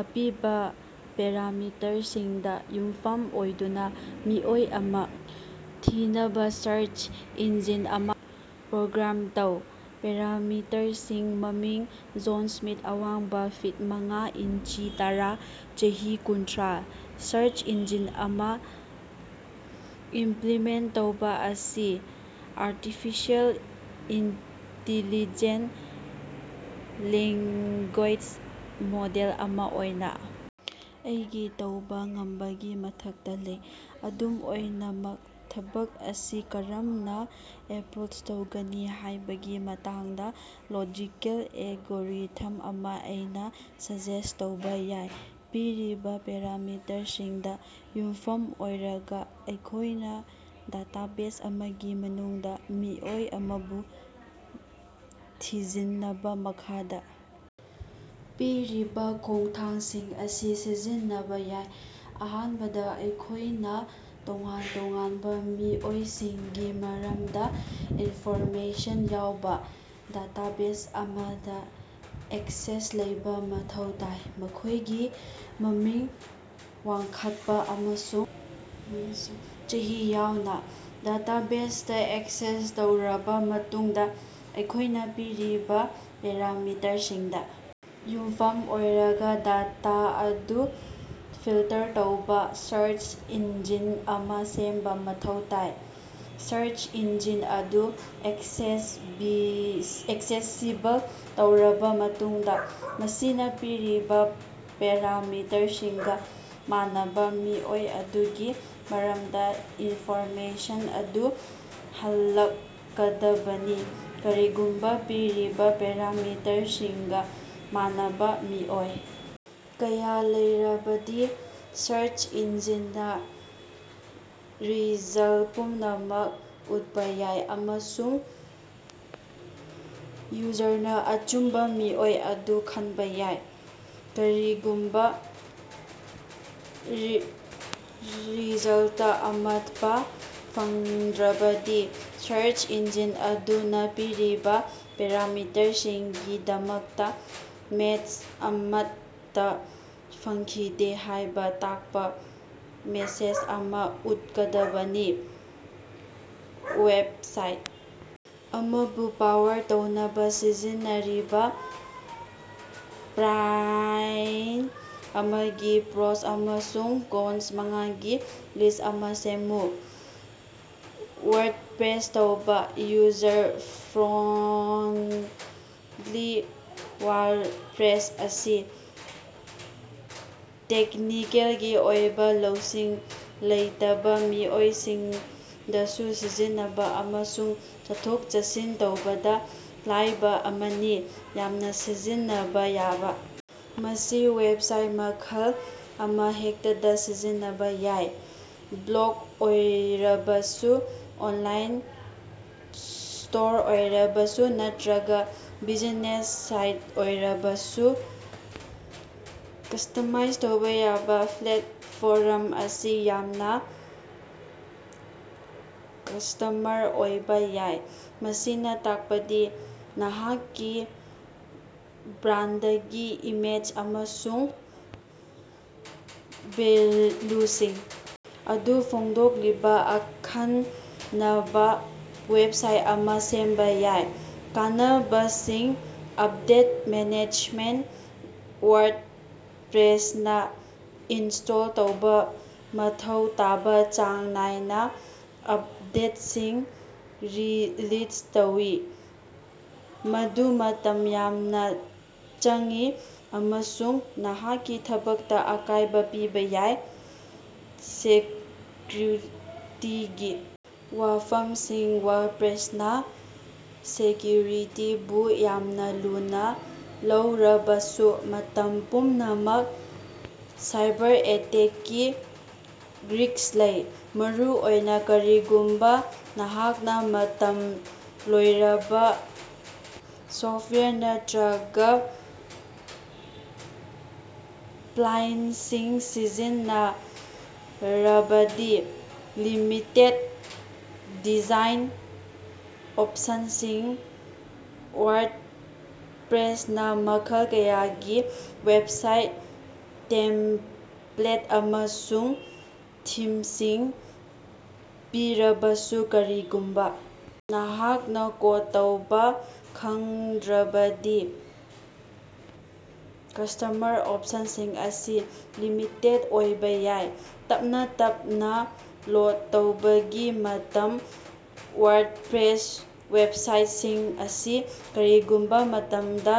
ꯑꯄꯤꯕ ꯄꯦꯔꯥꯃꯤꯇꯔꯁꯤꯡꯗ ꯌꯨꯝꯐꯝ ꯑꯣꯏꯗꯨꯅ ꯃꯤꯑꯣꯏ ꯑꯃ ꯊꯤꯅꯕꯥ ꯁꯔꯆ ꯏꯟꯖꯤꯟ ꯑꯃ ꯄ꯭ꯔꯣꯒ꯭ꯔꯥꯝ ꯇꯧ꯫ ꯄꯦꯔꯥꯃꯤꯇꯔꯁꯤꯡ - ꯃꯃꯤꯡ, ꯖꯣꯟ ꯁ꯭ꯃꯤꯊ, ꯑꯋꯥꯡꯕ-ꯐꯤꯠ ꯃꯉꯥ ꯏꯟꯆꯤ ꯇꯔꯥ, ꯆꯍꯤ-ꯀꯨꯟꯊ꯭ꯔꯥ꯫ ꯁꯔꯆ ꯏꯟꯖꯤꯟ ꯑꯃ ꯏꯝꯄ꯭ꯂꯤꯃꯦꯟꯇ ꯇꯧꯕ ꯑꯁꯤ ꯑꯥꯔꯇꯤꯐꯤꯁꯤꯑꯦꯜ ꯏꯟꯇꯤꯂꯤꯖꯦꯟ ꯂꯦꯡꯒꯨꯌꯦꯖ ꯃꯣꯗꯦꯜ ꯑꯃ ꯑꯣꯏꯅ ꯑꯩꯒꯤ ꯇꯧꯕ ꯉꯝꯕꯒꯤ ꯃꯊꯛꯇ ꯂꯩ꯫ ꯑꯗꯨꯝ ꯑꯣꯏꯅꯃꯛ, ꯊꯕꯛ ꯑꯁꯤ ꯀꯔꯝꯅ ꯑꯦꯞꯔꯣꯆ ꯇꯧꯒꯅꯤ ꯍꯥꯏꯕꯒꯤ ꯃꯇꯥꯡꯗ ꯂꯣꯖꯤꯀꯦꯜ ꯑꯦꯜꯒꯣꯔꯤꯊꯝ ꯑꯃ ꯑꯩꯅ ꯁꯖꯦꯁ꯭ꯠ ꯇꯧꯕ ꯌꯥꯏ꯫ ꯄꯤꯔꯤꯕ ꯄꯦꯔꯥꯃꯤꯇꯔꯁꯤꯡꯗ ꯌꯨꯝꯐꯝ ꯑꯣꯏꯔꯒ, ꯑꯩꯈꯣꯏꯅ ꯗꯦꯇꯥꯕꯦꯖ ꯑꯃꯒꯤ ꯃꯅꯨꯡꯗ ꯃꯤꯑꯣꯏ ꯑꯃꯕꯨ ꯊꯤꯖꯤꯟꯅꯕ ꯃꯈꯥꯗ ꯄꯤꯔꯤꯕ ꯈꯣꯡꯊꯥꯡꯁꯤꯡ ꯑꯁꯤ ꯁꯤꯖꯤꯟꯅꯕ ꯌꯥꯏ꯫ ꯑꯍꯥꯟꯕꯗ, ꯑꯩꯈꯣꯏꯅ ꯇꯣꯉꯥꯟ ꯇꯣꯉꯥꯟꯕ ꯃꯤꯑꯣꯏꯁꯤꯡꯒꯤ ꯃꯔꯝꯗ ꯏꯟꯐꯣꯔꯃꯦꯁꯟ ꯌꯥꯎꯕ ꯗꯦꯇꯥꯕꯦꯖ ꯑꯃꯗ ꯑꯦꯛꯁꯦꯁ ꯂꯩꯕ ꯃꯊꯧ ꯇꯥꯏ, ꯃꯈꯣꯏꯒꯤ ꯃꯃꯤꯡ, ꯋꯥꯡꯈꯠꯄ ꯑꯃꯁꯨꯡ ꯆꯍꯤ ꯌꯥꯎꯅ꯫ ꯗꯦꯇꯥꯕꯦꯖ ꯇꯥ ꯑꯦꯛꯁꯦꯁ ꯇꯧꯔꯕꯥ ꯃꯇꯨꯡꯗ ꯑꯩꯈꯣꯏꯅ ꯄꯤꯔꯤꯕ ꯄꯦꯔꯥꯃꯤꯇꯔꯁꯤꯡꯗ ꯌꯨꯝꯐꯝ ꯑꯣꯏꯔꯒ ꯗꯦꯇꯥ ꯑꯗꯨ ꯐꯤꯜꯇꯔ ꯇꯧꯕ ꯁꯥꯔꯆ ꯏꯟꯖꯤꯟ ꯑꯃ ꯁꯦꯝꯕ ꯃꯊꯧ ꯇꯥꯏ꯫ ꯁꯥꯔꯆ ꯏꯟꯖꯤꯟ ꯑꯗꯨ ꯑꯦꯛꯁꯦꯁꯤꯕꯤ ꯑꯦꯛꯁꯦꯁꯤꯕꯜ ꯇꯧꯔꯕ ꯃꯇꯨꯡꯗ, ꯃꯁꯤꯅ ꯄꯤꯔꯤꯕ ꯄꯦꯔꯥꯃꯤꯇꯔꯁꯤꯡꯒ ꯃꯥꯟꯅꯕꯥ ꯃꯤꯑꯣꯏ ꯑꯗꯨꯒꯤ ꯃꯔꯝꯗ ꯏꯟꯐꯣꯔꯃꯦꯁꯟ ꯑꯗꯨ ꯍꯜꯂꯛꯀꯗꯕꯅꯤ꯫ ꯀꯔꯤꯒꯨꯝꯕ ꯄꯤꯔꯤꯕ ꯄꯦꯔꯥꯃꯤꯇꯔꯁꯤꯡꯒ ꯃꯥꯟꯅꯕꯥ ꯃꯤꯑꯣꯏ ꯀꯌꯥ ꯂꯩꯔꯕꯗꯤ, ꯁꯔꯆ ꯏꯟꯖꯤꯟꯅ ꯔꯤꯖꯜꯇ ꯄꯨꯝꯅꯃꯛ ꯎꯠꯄ ꯌꯥꯏ ꯑꯃꯁꯨꯡ ꯌꯨꯖꯔꯅ ꯑꯆꯨꯝꯕ ꯃꯤꯑꯣꯏ ꯑꯗꯨ ꯈꯟꯕ ꯌꯥꯏ꯫ ꯀꯔꯤꯒꯨꯝꯕ ꯔꯤꯖꯜꯇ ꯑꯃꯠꯇ ꯐꯪꯗ꯭ꯔꯕꯗꯤ, ꯁꯔꯆ ꯏꯟꯖꯤꯟ ꯑꯗꯨꯅ ꯄꯤꯔꯤꯕ ꯄꯦꯔꯥꯃꯤꯇꯔꯁꯤꯡꯒꯤꯗꯃꯛꯇ ꯃꯦꯆ ꯑꯃꯠꯇ ꯐꯪꯈꯤꯗꯦ ꯍꯥꯏꯕ ꯇꯥꯛꯄ ꯃꯦꯁꯦꯖ ꯑꯃ ꯎꯠꯀꯗꯕꯅꯤ꯫ ꯋꯦꯕꯁꯥꯏꯠ ꯑꯃꯕꯨ ꯄꯥꯋꯔ ꯇꯧꯅꯕꯥ ꯁꯤꯖꯤꯟꯅꯔꯤꯕ ꯄ꯭ꯥꯂꯏꯟ ꯑꯃꯒꯤ ꯄ꯭ꯔꯣꯁ ꯑꯃꯁꯨꯡ ꯀꯣꯟꯁ ꯃꯉꯥꯒꯤ ꯂꯤꯁ꯭ꯠ ꯑꯃ ꯁꯦꯝꯃꯨ꯫ ꯋꯥꯔꯗꯄ꯭ꯔꯦꯁ ꯇꯧꯕ꯫ ꯌꯨꯖꯔ ꯐ꯭ꯔꯣꯟꯗꯂꯤ- ꯋꯥꯔꯗꯄ꯭ꯂꯦꯁ ꯑꯁꯤ ꯇꯦꯛꯅꯤꯀꯦꯜꯒꯤ ꯑꯣꯏꯕ ꯂꯧꯁꯤꯡ ꯂꯩꯇꯕ ꯃꯤꯑꯣꯏꯁꯤꯡꯗꯁꯨ ꯁꯤꯖꯤꯟꯅꯕ ꯑꯃꯁꯨꯡ ꯆꯠꯊꯣꯛ-ꯆꯠꯁꯤꯟ ꯇꯧꯕꯗ ꯂꯥꯏꯕꯥ ꯑꯃꯅꯤ꯫ ꯌꯥꯝꯅ ꯁꯤꯖꯤꯟꯅꯕꯥ ꯌꯥꯕ - ꯃꯁꯤ ꯋꯦꯕꯁꯥꯏꯠ ꯃꯈꯜ ꯑꯃꯍꯦꯛꯇꯗꯥ ꯁꯤꯖꯤꯟꯅꯕꯥ ꯌꯥꯏ, ꯕ꯭ꯂꯣꯒ ꯑꯣꯏꯔꯕꯁꯨ, ꯑꯣꯟꯂꯥꯏꯟ ꯁ꯭ꯇꯣꯔ ꯑꯣꯏꯔꯕꯁꯨ, ꯅꯠꯇꯔꯒ ꯕꯤꯖꯤꯅꯦꯁ ꯁꯥꯏꯠ ꯑꯣꯏꯔꯕꯁꯨ꯫ ꯀꯁ꯭ꯇꯃꯥꯏꯖ ꯇꯧꯕ ꯌꯥꯕ - ꯄ꯭ꯂꯦꯠꯐꯣꯔꯝ ꯑꯁꯤ ꯌꯥꯝꯅ ꯀꯁ꯭ꯇꯃꯔ ꯑꯣꯏꯕ ꯌꯥꯏ, ꯃꯁꯤꯅ ꯇꯥꯛꯄꯗꯤ ꯅꯍꯥꯛꯀꯤ ꯕ꯭ꯔꯥꯟꯗꯒꯤ ꯏꯃꯦꯖ ꯑꯃꯁꯨꯡ ꯚꯦꯂ꯭ꯌꯨꯁꯤꯡ ꯑꯗꯨ ꯐꯣꯡꯗꯣꯛꯂꯤꯕ ꯑꯈꯟꯅꯕꯥ ꯋꯦꯕꯁꯥꯏꯠ ꯑꯃ ꯁꯦꯝꯕ ꯌꯥꯏ꯫ ꯀꯥꯟꯅꯕꯁꯤꯡ - ꯑꯞꯗꯦꯠ ꯃꯦꯅꯦꯖꯃꯦꯟꯇ - ꯋꯥꯔꯗꯄ꯭ꯂꯦꯁꯅꯥ ꯏꯟꯁ꯭ꯇꯣꯜ ꯇꯧꯕ ꯃꯊꯧ ꯇꯥꯕ ꯆꯥꯡ ꯅꯥꯏꯅ ꯑꯞꯗꯦꯠꯁꯤꯡ ꯔꯤꯂꯤꯖ ꯇꯧꯏ, ꯃꯗꯨ ꯃꯇꯝ ꯌꯥꯝꯅ ꯆꯪꯏ ꯑꯃꯁꯨꯡ ꯅꯍꯥꯛꯀꯤ ꯊꯕꯛꯇ ꯑꯀꯥꯏꯕ ꯄꯤꯕ ꯌꯥꯏ꯫ ꯁꯦꯀ꯭ꯌꯨꯔꯤꯇꯤꯒꯤ ꯋꯥꯐꯝꯁꯤꯡ -ꯋꯥꯔꯗꯄ꯭ꯔꯦꯁꯅꯥ ꯁꯦꯀ꯭ꯌꯨꯔꯤꯇꯤꯕꯨ ꯌꯥꯝꯅ ꯂꯨꯅ ꯂꯧꯔꯕꯁꯨ, ꯃꯇꯝ ꯄꯨꯝꯅꯃꯛꯇ ꯁꯥꯏꯕꯔ-ꯑꯦꯇꯦꯛꯀꯤ ꯔꯤꯁ꯭ꯛ ꯂꯩ, ꯃꯔꯨꯑꯣꯏꯅ ꯀꯔꯤꯒꯨꯝꯕ ꯅꯍꯥꯛꯅ ꯃꯇꯝ ꯂꯣꯏꯔꯕꯥ ꯁꯣꯐꯇꯋꯥꯌꯔ ꯅꯠꯇꯔꯒ ꯄ꯭ꯂꯏꯟꯁꯤꯡ ꯁꯤꯖꯤꯟꯅꯔꯕꯗꯤ꯫ ꯂꯤꯃꯤꯇꯦꯗ ꯗꯤꯖꯥꯏꯟ ꯑꯣꯞꯁꯟꯁꯤꯡ - ꯋꯥꯔꯗꯄ꯭ꯔꯦꯁꯅꯥ ꯃꯈꯜ ꯀꯌꯥꯒꯤ ꯋꯦꯕꯁꯥꯏꯠ ꯇꯦꯝꯄ꯭ꯂꯦꯠ ꯑꯃꯁꯨꯡ ꯊꯤꯝꯁꯤꯡ ꯄꯤꯔꯕꯁꯨ, ꯀꯔꯤꯒꯨꯝꯕ ꯅꯍꯥꯛꯅ ꯀꯣꯗ ꯇꯧꯕ ꯈꯪꯗ꯭ꯔꯕꯗꯤ ꯀꯁ꯭ꯇꯃꯔ ꯑꯣꯞꯁꯟꯁꯤꯡ ꯑꯁꯤ ꯂꯤꯃꯤꯇꯦꯗ ꯑꯣꯏꯕ ꯌꯥꯏ꯫ ꯇꯞꯅꯥ ꯇꯞꯅꯥ ꯂꯣꯗ ꯇꯧꯕꯒꯤ ꯃꯇꯝ -ꯋꯥꯔꯗꯄ꯭ꯂꯦꯁ ꯋꯦꯕꯁꯥꯏꯇꯁꯤꯡ ꯑꯁꯤ ꯀꯔꯤꯒꯨꯝꯕ ꯃꯇꯝꯗ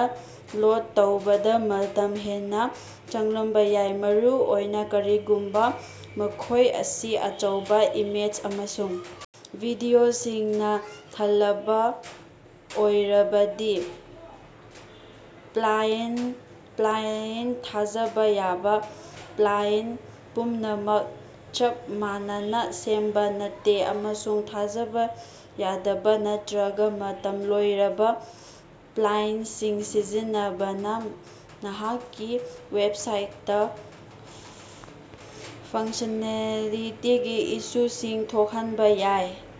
ꯂꯣꯗ ꯇꯧꯕꯗꯥ ꯃꯇꯝ ꯍꯦꯟꯅ ꯆꯪꯂꯝꯕ ꯌꯥꯏ, ꯃꯔꯨꯑꯣꯏꯅ ꯀꯔꯤꯒꯨꯝꯕ ꯃꯈꯣꯏ ꯑꯁꯤ ꯑꯆꯧꯕ ꯏꯃꯦꯖ ꯑꯃꯁꯨꯡ ꯚꯤꯗꯤꯑꯣꯁꯤꯡꯅ ꯊꯜꯂꯕ ꯑꯣꯏꯔꯕꯗꯤ꯫ ꯄ꯭ꯂꯥꯏꯟ ꯊꯥꯖꯕ ꯌꯥꯕ - ꯄ꯭ꯂꯥꯏꯟ ꯄꯨꯝꯅꯃꯛ ꯆꯞ ꯃꯥꯟꯅꯅꯥ ꯁꯦꯝꯕ ꯅꯠꯇꯦ, ꯑꯃꯁꯨꯡ ꯊꯥꯖꯕ ꯌꯥꯗꯕ ꯅꯠꯇꯔꯒ ꯃꯇꯝ ꯂꯣꯏꯔꯕ ꯄ꯭ꯂꯥꯏꯟꯁꯤꯡ ꯁꯤꯖꯤꯟꯅꯕꯅꯥ ꯅꯍꯥꯛꯀꯤ ꯋꯦꯕꯁꯥꯏꯇꯇꯥ ꯐꯪꯛꯁꯅꯦꯂꯤꯇꯤꯒꯤ ꯏꯁꯨꯁꯤꯡ ꯊꯣꯛꯍꯟꯕ ꯌꯥꯏ꯫